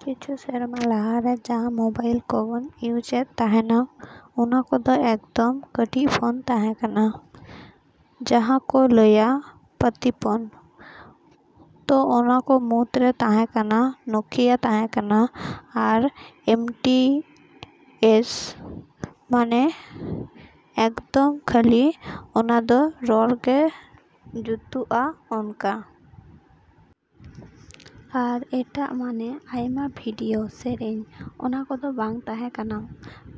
ᱠᱤᱪᱷᱩ ᱥᱮᱨᱢᱟ ᱞᱟᱦᱟᱨᱮ ᱡᱟᱦᱟᱸ ᱢᱚᱵᱟᱭᱤᱞ ᱠᱚᱵᱚᱱ ᱤᱭᱩᱡᱮᱫ ᱛᱟᱦᱮᱱᱟ, ᱚᱱᱟ ᱠᱚᱫᱚ ᱮᱠᱫᱚᱢ ᱠᱟᱹᱴᱤᱡ ᱯᱷᱳᱱ ᱛᱟᱦᱮᱠᱟᱱᱟ, ᱡᱟᱦᱟᱸ ᱠᱚ ᱞᱟᱹᱭᱟ ᱯᱟᱛᱤ ᱯᱷᱳᱱ᱾ ᱛᱚ, ᱚᱱᱟᱠᱚ ᱢᱩᱫ ᱨᱮ ᱛᱟᱦᱮᱸ ᱠᱟᱱᱟ ᱱᱚᱠᱤᱭᱟ ᱛᱟᱦᱮᱠᱟᱱᱟ ᱟᱨ ᱮᱢ ᱴᱤ ᱮᱥ ᱢᱟᱱᱮ ᱮᱠᱫᱚᱢ ᱠᱷᱟᱹᱞᱤ ᱚᱱᱟᱫᱚ ᱨᱚᱲ ᱜᱮ ᱡᱩᱛᱩᱜᱼᱟ ᱚᱱᱠᱟ᱾ ᱟᱨ ᱮᱴᱟᱜ ᱢᱟᱱᱮ ᱟᱭᱢᱟ ᱵᱤᱰᱤᱭᱳ, ᱥᱮᱨᱮᱧ ᱚᱱᱟ ᱠᱚᱫᱚ ᱵᱟᱝ ᱛᱟᱦᱮᱸ ᱠᱟᱱᱟ᱾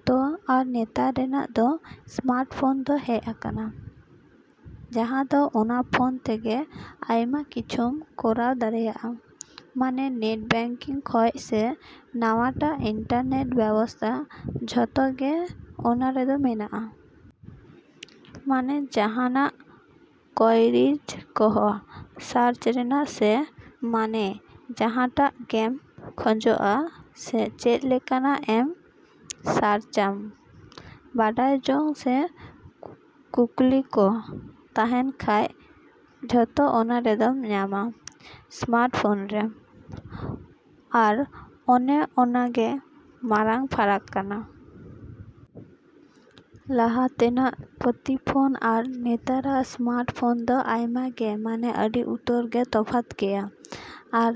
ᱛᱚ, ᱟᱨ ᱱᱮᱛᱟᱨ ᱨᱮᱱᱟᱜ ᱫᱚ ᱥᱢᱟᱨᱴ ᱯᱷᱳᱱ ᱫᱚ ᱦᱮᱡ ᱟᱠᱱᱟ᱾ ᱡᱟᱦᱟᱸ ᱫᱚ ᱚᱱᱟ ᱯᱷᱳᱱ ᱛᱮᱜᱮ ᱟᱭᱢᱟ ᱠᱤᱪᱷᱩᱢ ᱠᱚᱨᱟᱣ ᱫᱟᱲᱮᱭᱟᱜᱼᱟ᱾ ᱢᱟᱱᱮ ᱱᱮᱴ ᱵᱮᱝᱠᱤᱝ ᱠᱷᱚᱡ ᱥᱮ ᱱᱟᱣᱟᱴᱟᱜ ᱤᱱᱴᱟᱨᱱᱮᱴ ᱵᱮᱵᱚᱥᱛᱟ ᱡᱚᱛᱚ ᱜᱮ ᱚᱱᱟᱨᱮᱫᱚ ᱢᱮᱱᱟᱜᱼᱟ᱾ ᱢᱟᱱᱮ ᱡᱟᱦᱟᱱᱟᱜ ᱠᱚᱭᱨᱤᱪ ᱠᱚᱦᱚᱸ ᱥᱟᱨᱪ ᱨᱮᱱᱟᱜ ᱥᱮ, ᱢᱟᱱᱮ ᱡᱟᱦᱟᱸᱴᱟᱜ ᱜᱮᱢ ᱠᱷᱚᱡᱚᱜᱼᱟ ᱥᱮ ᱪᱮᱫ ᱞᱮᱠᱟᱱᱟᱜ ᱮᱢ ᱥᱟᱨᱪᱟᱢ, ᱵᱟᱰᱟᱭ ᱡᱚᱝ ᱥᱮ ᱠᱩᱠᱞᱤ ᱠᱚ ᱛᱟᱦᱮᱱ ᱠᱷᱟᱡ ᱡᱷᱚᱛᱚ ᱚᱱᱟ ᱨᱮᱫᱚᱢ ᱧᱟᱢᱟ, ᱥᱢᱟᱨᱴ ᱯᱷᱳᱱ ᱨᱮ᱾ ᱟᱨ ᱚᱱᱮ ᱚᱱᱟ ᱜᱮ ᱢᱟᱨᱟᱝ ᱯᱷᱟᱨᱟᱠ ᱠᱟᱱᱟ᱾ ᱞᱟᱦᱟ ᱛᱮᱱᱟᱜ ᱯᱟᱛᱤ ᱯᱷᱳᱱ ᱟᱨ ᱱᱮᱛᱟᱨᱟᱜ ᱥᱢᱟᱨᱴ ᱯᱷᱚᱱ ᱫᱚ ᱟᱭᱢᱟ ᱜᱮ ᱢᱟᱱᱮ ᱟᱹᱰᱤ ᱩᱛᱟᱹᱨ ᱜᱮ ᱛᱚᱯᱷᱟᱛ ᱜᱮᱭᱟ᱾ ᱟᱨ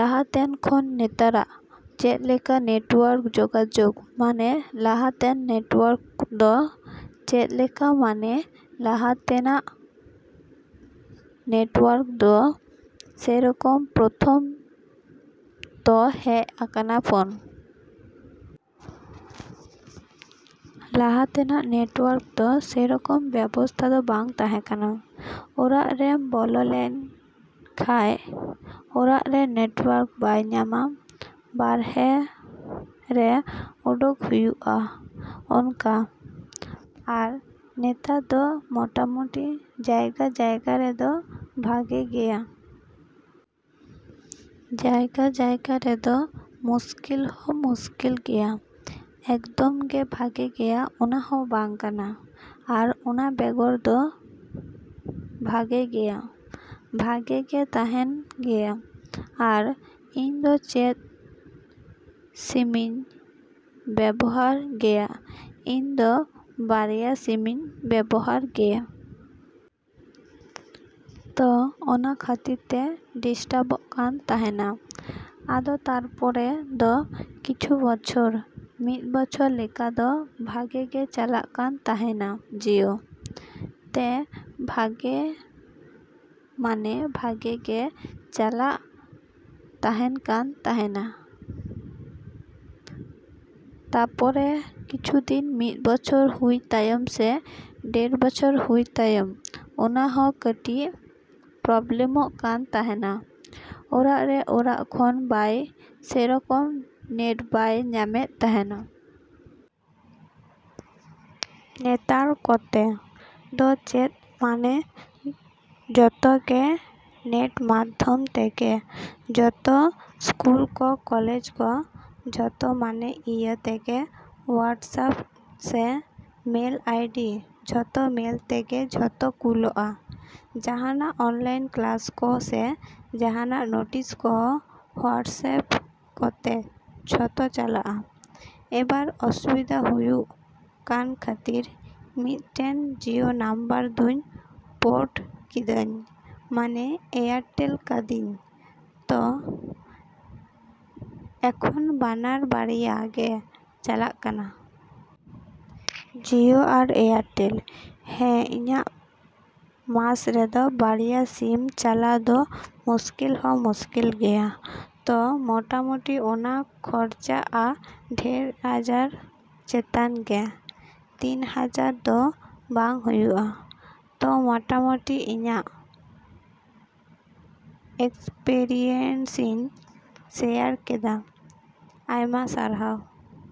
ᱞᱟᱦᱟ ᱛᱮᱱ ᱠᱷᱚᱱ ᱱᱮᱛᱟᱨᱟᱜ ᱪᱮᱫᱞᱮᱠᱟ ᱱᱮᱴᱚᱣᱟᱨᱠ ᱡᱚᱜᱟᱡᱚᱜᱽ ᱢᱟᱱᱮ ᱞᱟᱦᱟᱛᱮᱱ ᱱᱮᱴᱚᱣᱟᱨᱠ ᱫᱚ ᱪᱮᱫᱞᱮᱠᱟ ᱢᱟᱱᱮ ᱞᱟᱦᱟ ᱛᱮᱱᱟᱜ ᱱᱮᱴᱚᱣᱟᱨᱠ ᱫᱚ ᱥᱮᱨᱚᱠᱚᱢ ᱯᱨᱚᱛᱷᱚᱢ ᱛᱚ ᱦᱮᱡ ᱟᱠᱟᱱᱟ ᱯᱷᱳᱱ᱾ ᱞᱟᱦᱟ ᱛᱮᱱᱟᱜ ᱱᱮᱴᱚᱣᱟᱨᱠ ᱫᱚ ᱥᱮᱨᱚᱠᱚᱢ ᱵᱮᱵᱚᱥᱛᱷᱟ ᱫᱚ ᱵᱟᱝ ᱛᱟᱦᱮᱸ ᱠᱟᱱᱟ᱾ ᱚᱲᱟᱜ ᱨᱮᱢ ᱵᱚᱞᱚ ᱞᱮᱱ ᱠᱷᱟᱡ, ᱚᱲᱟᱜ ᱨᱮ ᱱᱮᱴᱚᱣᱟᱨᱠ ᱵᱟᱭ ᱧᱟᱢᱟ᱾ ᱵᱟᱨᱦᱮ ᱨᱮ ᱚᱰᱚᱠ ᱦᱩᱭᱩᱜᱼᱟ ᱚᱝᱠᱟ᱾ ᱟᱨ ᱱᱮᱛᱟᱨ ᱫᱚ ᱢᱚᱴᱟᱢᱩᱴᱤ ᱡᱟᱭᱜᱟᱼᱡᱟᱭᱜᱟ ᱨᱮᱫᱚ ᱵᱷᱟᱜᱮ ᱜᱮᱭᱟ᱾ ᱡᱟᱭᱜᱟᱼᱡᱟᱭᱜᱟ ᱨᱮᱫᱚ ᱢᱩᱥᱠᱤᱞ ᱦᱚᱸ ᱢᱩᱥᱠᱤᱞ ᱜᱮᱭᱟ᱾ ᱮᱠᱫᱚᱢ ᱜᱮ ᱵᱷᱟᱜᱮ ᱜᱮᱭᱟ, ᱚᱱᱟ ᱦᱚᱸ ᱵᱟᱝ ᱠᱟᱱᱟ᱾ ᱟᱨ ᱚᱱᱟ ᱵᱮᱜᱚᱨ ᱫᱚ ᱵᱷᱟᱜᱮ ᱜᱮᱭᱟ᱾ ᱵᱷᱟᱜᱮ ᱜᱮ ᱛᱟᱦᱮᱱ ᱜᱮᱭᱟ᱾ ᱟᱨ ᱤᱧ ᱫᱚ ᱪᱮᱫ ᱥᱤᱢᱤᱧ ᱵᱮᱵᱚᱦᱟᱨ ᱜᱮᱭᱟ, ᱤᱧ ᱫᱚ ᱵᱟᱨᱭᱟ ᱥᱤᱢᱤᱧ ᱵᱮᱵᱚᱦᱟᱨ ᱜᱮᱭᱟ᱾ ᱛᱚ, ᱚᱱᱟ ᱠᱷᱟᱹᱛᱤᱨ ᱛᱮ ᱰᱤᱥᱴᱟᱵᱚᱜ ᱠᱟᱱ ᱛᱟᱦᱮᱱᱟ᱾ ᱟᱫᱚ ᱛᱟᱨᱯᱚᱨᱮ ᱫᱚ ᱠᱤᱪᱷᱩ ᱵᱚᱪᱷᱚᱨ, ᱢᱤᱫ ᱵᱚᱪᱷᱚᱨ ᱞᱮᱠᱟᱫᱚ ᱵᱷᱟᱜᱮ ᱜᱮ ᱪᱟᱞᱟᱜ ᱠᱟᱱ ᱛᱟᱦᱮᱱᱟ ᱡᱤᱭᱳ᱾ ᱛᱮ, ᱵᱷᱟᱜᱮ ᱢᱟᱱᱮ ᱵᱷᱟᱜᱮ ᱜᱮ ᱪᱟᱞᱟᱜ ᱛᱟᱦᱮᱱ ᱠᱟᱱ ᱛᱟᱦᱮᱱᱟ᱾ ᱛᱟᱯᱚᱨᱮ ᱠᱤᱪᱷᱩ ᱫᱤᱱ ᱢᱤᱫ ᱵᱚᱪᱷᱚᱨ ᱦᱩᱭ ᱛᱟᱭᱚᱢ ᱥᱮ ᱰᱮᱲ ᱵᱚᱪᱷᱚᱨ ᱦᱩᱭ ᱛᱟᱭᱚᱢ ᱚᱱᱟ ᱦᱚᱸ ᱠᱟᱹᱴᱤᱡ ᱯᱨᱚᱵᱞᱮᱢᱚᱜ ᱠᱟᱱ ᱛᱟᱦᱮᱱᱟ, ᱚᱲᱟᱜ ᱨᱮ ᱚᱲᱟᱜ ᱠᱷᱚᱱ ᱵᱟᱭ, ᱥᱮᱨᱚᱠᱚᱢ ᱱᱮᱴ ᱵᱟᱭ ᱧᱟᱢᱮᱫ ᱛᱟᱦᱮᱱᱟ᱾ ᱱᱮᱛᱟᱨ ᱠᱚᱛᱮ ᱫᱚ ᱪᱮᱫ ᱢᱟᱱᱮ ᱡᱚᱛᱚ ᱜᱮ ᱱᱮᱴ ᱢᱟᱫᱽᱫᱷᱚᱢ ᱛᱮᱜᱮ ᱡᱚᱛᱚ ᱥᱠᱩᱞ ᱠᱚ, ᱠᱚᱞᱮᱡᱽ ᱠᱚ ᱡᱷᱚᱛᱚ ᱢᱟᱱᱮ ᱤᱭᱟᱹ ᱛᱮᱜᱮ, ᱦᱚᱣᱟᱴᱥᱮᱯ ᱥᱮ ᱢᱮᱞ ᱟᱭᱰᱤ ᱡᱷᱚᱛᱚ ᱢᱮᱞ ᱛᱮᱜᱮ ᱡᱷᱚᱛᱚ ᱠᱩᱞᱳᱜᱼᱟ, ᱡᱟᱦᱟᱱᱟᱜ ᱚᱱᱞᱟᱭᱤᱱ ᱠᱞᱟᱥ ᱠᱚ ᱥᱮ ᱡᱟᱦᱟᱱᱟᱜ ᱱᱚᱴᱤᱥ ᱠᱚᱦᱚᱸ ᱦᱚᱣᱟᱴᱥᱮᱯ ᱠᱚᱛᱮ ᱡᱷᱚᱛᱚ ᱪᱟᱞᱟᱜᱼᱟ, ᱮᱵᱟᱨ ᱚᱥᱩᱵᱤᱫᱟ ᱦᱩᱭᱩᱜ ᱠᱟᱱ ᱠᱷᱟᱹᱛᱤᱨ ᱢᱤᱫᱴᱮᱱ ᱡᱤᱭᱳ ᱱᱟᱢᱵᱟᱨ ᱫᱩᱧ ᱯᱳᱨᱴ ᱠᱤᱫᱟᱹᱧ ᱢᱟᱱᱮ ᱮᱭᱟᱨᱴᱮᱞ ᱠᱟᱹᱫᱤᱧ ᱛᱚ, ᱮᱠᱷᱚᱱ ᱵᱟᱱᱟᱨ ᱵᱟᱨᱭᱟ ᱜᱮ ᱪᱟᱞᱟᱜ ᱠᱟᱱᱟ᱾ ᱡᱤᱭᱳ ᱟᱨ ᱮᱭᱟᱨᱴᱮᱞ᱾ ᱦᱮᱸ, ᱤᱧᱟᱹᱜ ᱢᱟᱥ ᱨᱮᱫᱚ ᱵᱟᱨᱭᱟ ᱥᱤᱢ ᱪᱟᱞᱟᱣ ᱫᱚ ᱢᱩᱥᱠᱤᱞ ᱦᱚᱸ ᱢᱩᱥᱠᱤᱞ ᱜᱮᱭᱟ᱾ ᱛᱚ, ᱢᱚᱴᱟᱢᱩᱴᱤ, ᱚᱱᱟ ᱠᱷᱚᱨᱪᱟᱜᱼᱟ ᱰᱮᱲ ᱦᱟᱡᱟᱨ ᱪᱮᱛᱟᱱ ᱜᱮ ᱛᱤᱱ ᱦᱟᱡᱟᱨ ᱫᱚ ᱵᱟᱝ ᱦᱩᱭᱩᱜᱼᱟ᱾ ᱛᱚ, ᱢᱚᱴᱟᱢᱚᱴᱤ ᱤᱧᱟᱹᱜ ᱮᱠᱥᱯᱮᱨᱤᱭᱮᱱᱥᱤᱧ ᱥᱮᱭᱟᱨ ᱠᱮᱫᱟ᱾ ᱟᱭᱢᱟ ᱥᱟᱨᱦᱟᱣ!